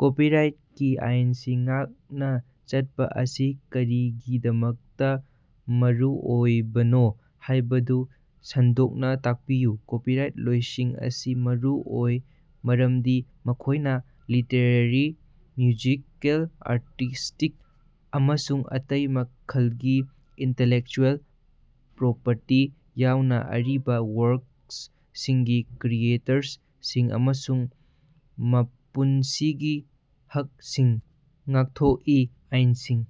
ꯀꯣꯄꯤꯔꯥꯏꯠꯀꯤ ꯑꯥꯏꯅꯁꯤꯡ ꯉꯥꯛꯅ ꯆꯠꯄꯥ ꯑꯁꯤ ꯀꯔꯤꯒꯤꯗꯃꯛꯇꯥ ꯃꯔꯨꯑꯣꯏꯕꯅꯣ ꯍꯥꯏꯕꯗꯨ ꯁꯟꯗꯣꯛꯅꯥ ꯇꯥꯛꯄꯤꯌꯨ꯫ ꯀꯣꯄꯤꯔꯥꯏꯠ ꯂꯣꯁꯤꯡ ꯑꯁꯤ ꯃꯔꯨꯑꯣꯏ ꯃꯔꯝꯗꯤ ꯃꯈꯣꯏꯅꯥ ꯂꯤꯇꯔꯦꯔꯤ, ꯃ꯭ꯌꯨꯖꯤꯀꯦꯜ, ꯑꯥꯔꯇꯤꯁ꯭ꯇꯤꯛ, ꯑꯃꯁꯨꯡ ꯑꯇꯩ ꯃꯈꯜꯒꯤ ꯏꯟꯇꯦꯂꯦꯛꯆꯨꯑꯦꯜ ꯄ꯭ꯔꯣꯄꯔꯇꯤ ꯌꯥꯎꯅ ꯑꯔꯤꯕ ꯋꯥꯔꯛꯁꯤꯡꯒꯤ ꯀ꯭ꯔꯤꯌꯦꯇꯔꯁꯤꯡ ꯑꯃꯁꯨꯡ ꯃꯄꯨꯟꯁꯤꯡꯒꯤ ꯍꯛꯁꯤꯡ ꯉꯥꯛꯊꯣꯛꯏ꯫ ꯑꯥꯏꯅꯁꯤꯡ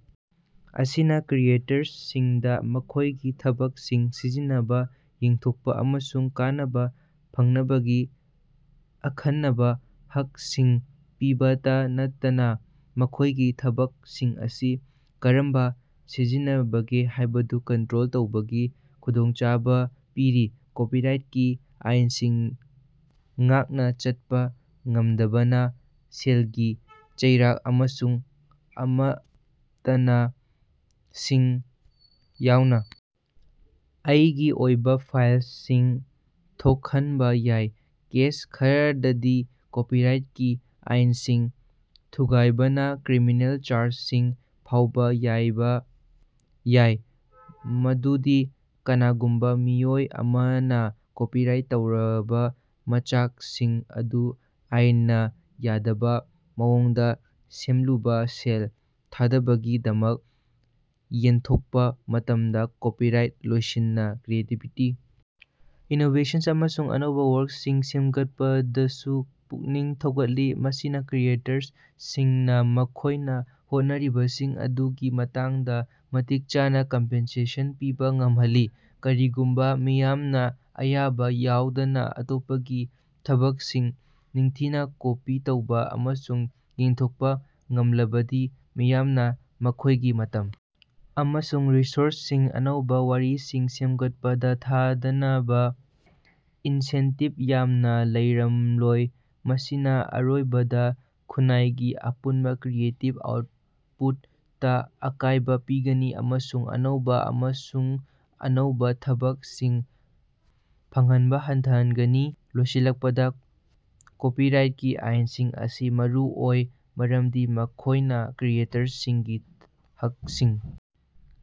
ꯑꯁꯤꯅ ꯀ꯭ꯔꯤꯌꯦꯇꯔꯁꯤꯡꯗ ꯃꯈꯣꯏꯒꯤ ꯊꯕꯛꯁꯤꯡ ꯁꯤꯖꯤꯟꯅꯕꯥ, ꯌꯦꯟꯊꯣꯛꯄꯥ ꯑꯃꯁꯨꯡ ꯀꯥꯟꯅꯕꯥ ꯐꯪꯅꯕꯒꯤ ꯑꯈꯟꯅꯕꯥ ꯍꯛꯁꯤꯡ ꯄꯤꯕꯇꯥ ꯅꯠꯇꯅꯥ ꯃꯈꯣꯏꯒꯤ ꯊꯕꯛꯁꯤꯡ ꯑꯁꯤ ꯀꯔꯝꯅꯥ ꯁꯤꯖꯤꯟꯅꯕꯒꯦ ꯍꯥꯏꯕꯗꯨ ꯀꯟꯇꯔꯣꯜ ꯇꯧꯕꯒꯤ ꯈꯨꯗꯣꯡꯆꯥꯕ ꯄꯤꯔꯤ꯫ ꯀꯣꯄꯤꯔꯥꯏꯠꯀꯤ ꯑꯥꯏꯅꯁꯤꯡ ꯉꯥꯛꯅꯥ ꯆꯠꯄꯥ ꯉꯝꯗꯕꯅꯥ ꯁꯦꯜꯒꯤ ꯆꯩꯔꯥꯛ ꯑꯃꯁꯨꯡ ꯑꯃꯥꯡꯇꯥꯁꯤꯡ ꯌꯥꯎꯅ ꯑꯩꯒꯤ ꯑꯣꯏꯕꯥ ꯐꯥꯏꯜꯁꯤꯡ ꯊꯣꯛꯍꯟꯕꯥ ꯌꯥꯏ꯫ ꯀꯦꯁ ꯈꯔꯗꯗꯤ, ꯀꯣꯄꯤꯔꯥꯏꯇꯀꯤ ꯑꯥꯏꯅꯁꯤꯡ ꯊꯨꯒꯥꯏꯕꯅꯥ ꯀ꯭ꯔꯤꯃꯤꯅꯦꯜ ꯆꯥꯔꯖꯁꯤꯡ ꯐꯥꯎꯕ ꯌꯥꯎꯕ ꯌꯥꯏ, ꯃꯗꯨꯗꯤ ꯀꯅꯥꯒꯨꯝꯕ ꯃꯤꯑꯣꯏ ꯑꯃꯅ ꯀꯣꯄꯤꯔꯥꯏꯠ ꯇꯧꯔꯕ ꯃꯆꯥꯛꯁꯤꯡ ꯑꯗꯨ ꯑꯥꯏꯟꯅ ꯌꯥꯗꯕ ꯃꯑꯣꯡꯗ ꯁꯦꯜ ꯊꯥꯗꯕꯒꯤꯗꯃꯛ ꯌꯦꯟꯊꯣꯛꯄꯥ ꯃꯇꯝꯗ꯫ ꯀꯣꯄꯤꯔꯥꯏꯠ ꯂꯣꯁꯤꯡꯅ ꯀ꯭ꯔꯤꯌꯦꯇꯤꯕꯤꯇꯤ, ꯏꯅꯣꯕꯦꯁꯟ, ꯑꯃꯁꯨꯡ ꯑꯅꯧꯕ ꯋꯥꯔꯛꯁꯤꯡ ꯁꯦꯝꯒꯠꯄꯗꯁꯨ ꯄꯨꯛꯅꯤꯡ ꯊꯧꯒꯠꯂꯤ, ꯃꯁꯤꯅ ꯀ꯭ꯔꯤꯌꯦꯇꯔꯁꯤꯡꯅ ꯃꯈꯣꯏꯅ ꯍꯣꯠꯅꯔꯤꯕꯁꯤꯡ ꯑꯗꯨꯒꯤ ꯃꯇꯥꯡꯗ ꯃꯇꯤꯛ ꯆꯥꯅ ꯀꯝꯄꯦꯟꯁꯟ ꯄꯤꯕ ꯉꯝꯍꯜꯂꯤ꯫ ꯀꯔꯤꯒꯨꯝꯕꯥ ꯃꯤꯌꯥꯝꯅ ꯑꯌꯥꯕ ꯌꯥꯎꯗꯅ ꯑꯇꯣꯞꯄꯒꯤ ꯊꯕꯛꯁꯤꯡ ꯅꯤꯡꯊꯤꯅ ꯀꯣꯄꯤ ꯇꯧꯕ ꯑꯃꯁꯨꯡ ꯌꯦꯟꯊꯣꯛꯄ ꯉꯝꯂꯕꯗꯤ ꯃꯤꯌꯥꯝꯅ ꯃꯈꯣꯏꯒꯤ ꯃꯇꯝ ꯑꯃꯁꯨꯡ ꯔꯤꯁꯣꯔꯁꯁꯤꯡ ꯑꯅꯧꯕ ꯋꯥꯔꯤꯁꯤꯡ ꯁꯦꯝꯒꯠꯄꯗꯥ ꯊꯥꯗꯅꯕꯥ ꯏꯟꯁꯦꯟꯇꯤꯕ ꯌꯥꯝꯅ ꯂꯩꯔꯝꯂꯣꯏ꯫ ꯃꯁꯤꯅ ꯑꯔꯣꯏꯕꯗꯥ ꯈꯨꯟꯅꯥꯏꯒꯤ ꯑꯄꯨꯟꯕꯥ ꯀ꯭ꯔꯤꯌꯦꯇꯤꯕ ꯑꯥꯎꯠꯄꯨꯠꯇ ꯑꯀꯥꯏꯕ ꯄꯤꯒꯅꯤ ꯑꯃꯁꯨꯡ ꯑꯅꯧꯕ ꯑꯃꯁꯨꯡ ꯑꯅꯧꯕ ꯊꯕꯛꯁꯤꯡ ꯐꯪꯍꯟꯕ ꯍꯟꯊꯍꯟꯒꯅꯤ꯫ ꯂꯣꯏꯁꯤꯜꯂꯛꯄꯗ, ꯀꯣꯄꯤꯔꯥꯏꯠꯀꯤ ꯑꯥꯏꯟꯁꯤꯡ ꯑꯁꯤ ꯃꯔꯨꯑꯣꯏ ꯃꯔꯝꯗꯤ ꯃꯈꯣꯏꯅ ꯀ꯭ꯔꯤꯌꯦꯇꯔꯁꯤꯡꯒꯤ ꯍꯛꯁꯤꯡ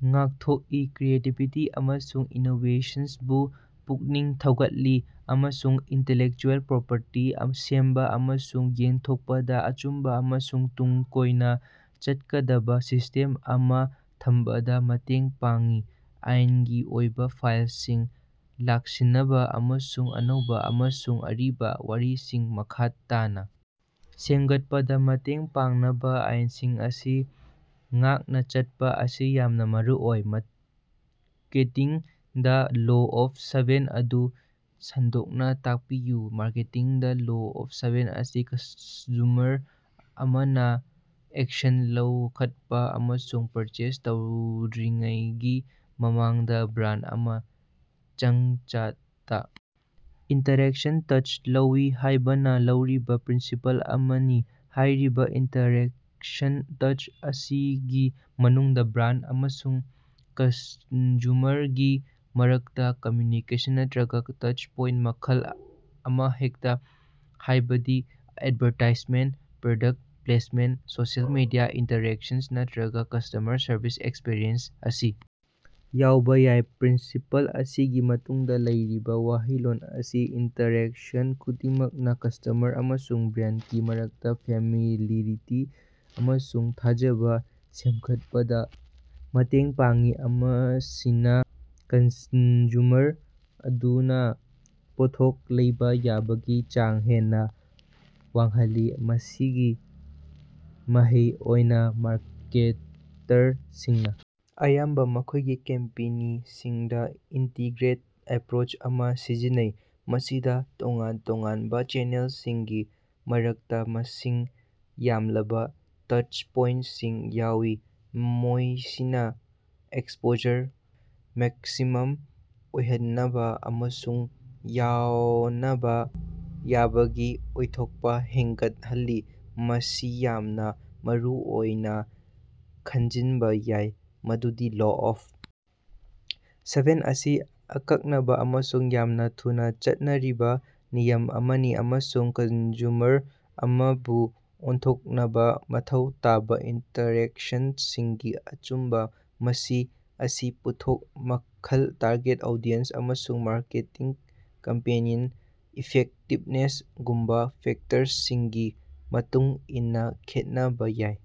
ꯉꯥꯛꯊꯣꯛꯏ, ꯀ꯭ꯔꯤꯌꯦꯇꯤꯕꯤꯇꯤ ꯑꯃꯁꯨꯡ ꯏꯅꯣꯕꯦꯁꯟꯕꯨ ꯄꯨꯛꯅꯤꯡ ꯊꯧꯒꯠꯂꯤ, ꯑꯃꯁꯨꯡ ꯏꯟꯇꯦꯂꯦꯛꯆꯨꯑꯦꯜ ꯄ꯭ꯔꯣꯄꯔꯇꯤ ꯁꯦꯝꯕꯥ ꯑꯃꯁꯨꯡ ꯌꯦꯟꯊꯣꯛꯄꯗ ꯑꯆꯨꯝꯕ ꯑꯃꯁꯨꯡ ꯇꯨꯡ ꯀꯣꯏꯅ ꯆꯠꯀꯗꯕꯥ ꯁꯤꯁ꯭ꯇꯦꯝ ꯑꯃ ꯊꯝꯕꯗꯥ ꯃꯇꯦꯡ ꯄꯥꯡꯏ꯫ ꯑꯥꯏꯟꯒꯤ ꯑꯣꯏꯕ ꯐꯦꯜꯁꯤꯡ ꯂꯥꯛꯁꯤꯟꯅꯕꯥ ꯑꯃꯁꯨꯡ ꯑꯅꯧꯕ ꯑꯃꯁꯨꯡ ꯑꯔꯤꯕ ꯋꯥꯔꯤꯁꯤꯡ ꯃꯈꯥ ꯇꯥꯅ ꯁꯦꯝꯒꯠꯄꯗꯥ ꯃꯇꯦꯡ ꯄꯥꯡꯅꯕꯥ ꯑꯥꯏꯟꯁꯤꯡ ꯑꯁꯤ ꯉꯥꯛꯅ ꯆꯠꯄꯥ ꯑꯁꯤ ꯌꯥꯝꯅ ꯃꯔꯨꯑꯣꯏ꯫ ꯃꯥꯔꯀꯦꯇꯤꯡꯗꯥ ꯂꯣ ꯑꯣꯐ ꯁꯦꯚꯦꯟ ꯑꯗꯨ ꯁꯟꯗꯣꯛꯅ ꯇꯥꯛꯄꯤꯌꯨ꯫ ꯃꯥꯔꯀꯦꯇꯤꯡꯗꯥ ꯂꯣ ꯑꯣꯐ ꯁꯦꯚꯦꯟ ꯑꯁꯤ ꯀꯟꯖꯨꯃꯔ ꯑꯃꯅ ꯑꯦꯛꯁꯟ ꯂꯧꯈꯠꯄꯥ ꯑꯃꯁꯨꯡ ꯄꯔꯆꯦꯖ ꯇꯧꯗ꯭ꯔꯤꯉꯩꯒꯤ ꯃꯃꯥꯡꯗ ꯕ꯭ꯔꯥꯟꯗ ꯑꯃ ꯆꯪꯆꯠꯇꯥ ꯏꯟꯇꯔꯦꯛꯁꯟ ꯇꯔ‌ꯦꯠ ꯂꯧꯏ ꯍꯥꯏꯅꯥ ꯂꯧꯔꯤꯕꯥ ꯄ꯭ꯔꯤꯟꯁꯤꯄꯜ ꯑꯃꯅꯤ꯫ ꯍꯥꯏꯔꯤꯕꯥ ꯏꯟꯇꯔꯦꯛꯁꯟ ꯇꯔ‌ꯦꯠ ꯑꯁꯤꯒꯤ ꯃꯅꯨꯡꯗꯥ ꯕ꯭ꯔꯥꯟꯗ ꯑꯃꯁꯨꯡ ꯀꯟꯖꯨꯃꯔꯒꯤ ꯃꯔꯛꯇꯥ ꯀꯝꯃꯌꯨꯅꯤꯀꯦꯁꯟ ꯅꯠꯇꯔꯒ ꯇꯁꯠꯄꯣꯏꯟꯇ ꯃꯈꯜ ꯑꯃꯍꯦꯛꯇ, ꯍꯥꯏꯕꯗꯤ advertisement, product placement, social media interaction ꯅꯠꯇꯔꯒ ꯀꯁ꯭ꯇꯃꯔ ꯁꯔꯚꯤꯁ ꯑꯦꯛꯁꯄꯤꯔꯤꯑꯦꯟꯁ ꯑꯁꯤ ꯌꯥꯎꯕ ꯌꯥꯏ꯫ ꯄ꯭ꯔꯤꯟꯁꯤꯄꯜ ꯑꯁꯤꯒꯤ ꯃꯇꯨꯡꯗꯥ ꯂꯩꯔꯤꯕ ꯋꯥꯈꯜꯂꯣꯟ ꯑꯁꯤꯗꯤ ꯏꯟꯇꯔꯦꯛꯁꯟ ꯈꯨꯗꯤꯡꯃꯛꯅꯥ ꯀꯟꯖꯨꯃꯔ ꯑꯃꯁꯨꯡ ꯕ꯭ꯔꯥꯟꯗꯒꯤ ꯃꯔꯛꯇꯥ ꯐꯦꯃꯤꯂꯤꯌꯔꯤꯇꯤ ꯑꯃꯁꯨꯡ ꯊꯥꯖꯕ ꯁꯦꯝꯒꯠꯄꯗꯥ ꯃꯇꯦꯡ ꯄꯥꯡꯏ, ꯃꯁꯤꯅ ꯀꯟꯖꯨꯃꯔ ꯑꯗꯨꯅ ꯄꯣꯠ ꯂꯩꯕ ꯌꯥꯕꯒꯤ ꯆꯥꯡ ꯍꯦꯟꯅꯥ ꯋꯥꯡꯍꯜꯂꯤ꯫ ꯃꯁꯤꯒꯤ ꯃꯍꯩ ꯑꯣꯏꯅꯥ, ꯃꯥꯔꯀꯦꯇꯔꯁꯤꯡꯅꯥ ꯑꯌꯥꯝꯕ ꯃꯈꯣꯏꯒꯤ ꯀꯦꯝꯄꯦꯅꯤꯁꯤꯡꯗꯥ ꯏꯟꯇꯤꯒ꯭ꯔꯦꯇꯦꯠ ꯑꯦꯄꯔꯣꯆ ꯑꯃ ꯁꯤꯖꯤꯟꯅꯩ, ꯃꯁꯤꯗꯥ ꯇꯣꯉꯥꯟ ꯇꯣꯉꯥꯟꯕ ꯆꯦꯅꯦꯜꯁꯤꯡꯒꯤ ꯃꯔꯛꯇ ꯃꯁꯤꯡ ꯌꯥꯝꯂꯕ ꯇꯁꯠꯄꯣꯏꯟꯇꯁꯤꯡ ꯌꯥꯎꯏ, ꯃꯁꯤꯅ ꯑꯦꯛꯁꯄꯣꯖꯔ ꯃꯦꯛꯁꯤꯃꯝ ꯑꯣꯏꯍꯟꯅꯕꯥ ꯑꯃꯁꯨꯡ ꯌꯣꯟꯕꯥ ꯌꯥꯕꯒꯤ ꯑꯣꯏꯊꯣꯛꯄ ꯍꯦꯒꯠꯍꯜꯂꯤ꯫ ꯃꯁꯤ ꯌꯥꯝꯅꯥ ꯃꯔꯨꯑꯣꯏꯅꯥ ꯈꯪꯖꯤꯟꯕꯥ ꯌꯥꯏ ꯃꯗꯨꯗꯤ ꯂꯣ ꯑꯣꯐ ꯁꯦꯚꯦꯟ ꯑꯁꯤ ꯑꯀꯛꯅꯕꯥ ꯑꯃꯁꯨꯡ ꯌꯥꯝꯅ ꯊꯨꯅꯥ ꯆꯠꯅꯔꯤꯕ ꯅꯤꯌꯝ ꯑꯃꯅꯤ ꯑꯃꯁꯨꯡ ꯀꯟꯖꯨꯃꯔ ꯑꯃꯕꯨ ꯑꯣꯟꯊꯣꯛꯅꯕꯥ ꯃꯊꯧ ꯇꯥꯕ ꯏꯟꯇꯔꯦꯛꯁꯤꯡꯒꯤ ꯑꯆꯨꯝꯕꯥ ꯃꯁꯤꯡ ꯑꯁꯤ ꯄꯣꯠꯊꯣꯛ ꯃꯈꯜ, ꯇꯥꯔꯒꯦꯠ ꯑꯣꯗꯤꯁꯟ, ꯑꯃꯁꯨꯡ ꯃꯥꯔꯀꯦꯇꯤꯡ ꯀꯦꯝꯄꯦꯅꯤ ꯏꯐꯦꯛꯇꯤꯕꯅꯦꯁꯒꯨꯝꯕꯥ ꯐꯦꯛꯇꯔꯁꯤꯡꯒꯤ ꯃꯇꯨꯡ ꯏꯟꯅꯥ ꯈꯦꯠꯅꯕꯥ ꯌꯥꯏ꯫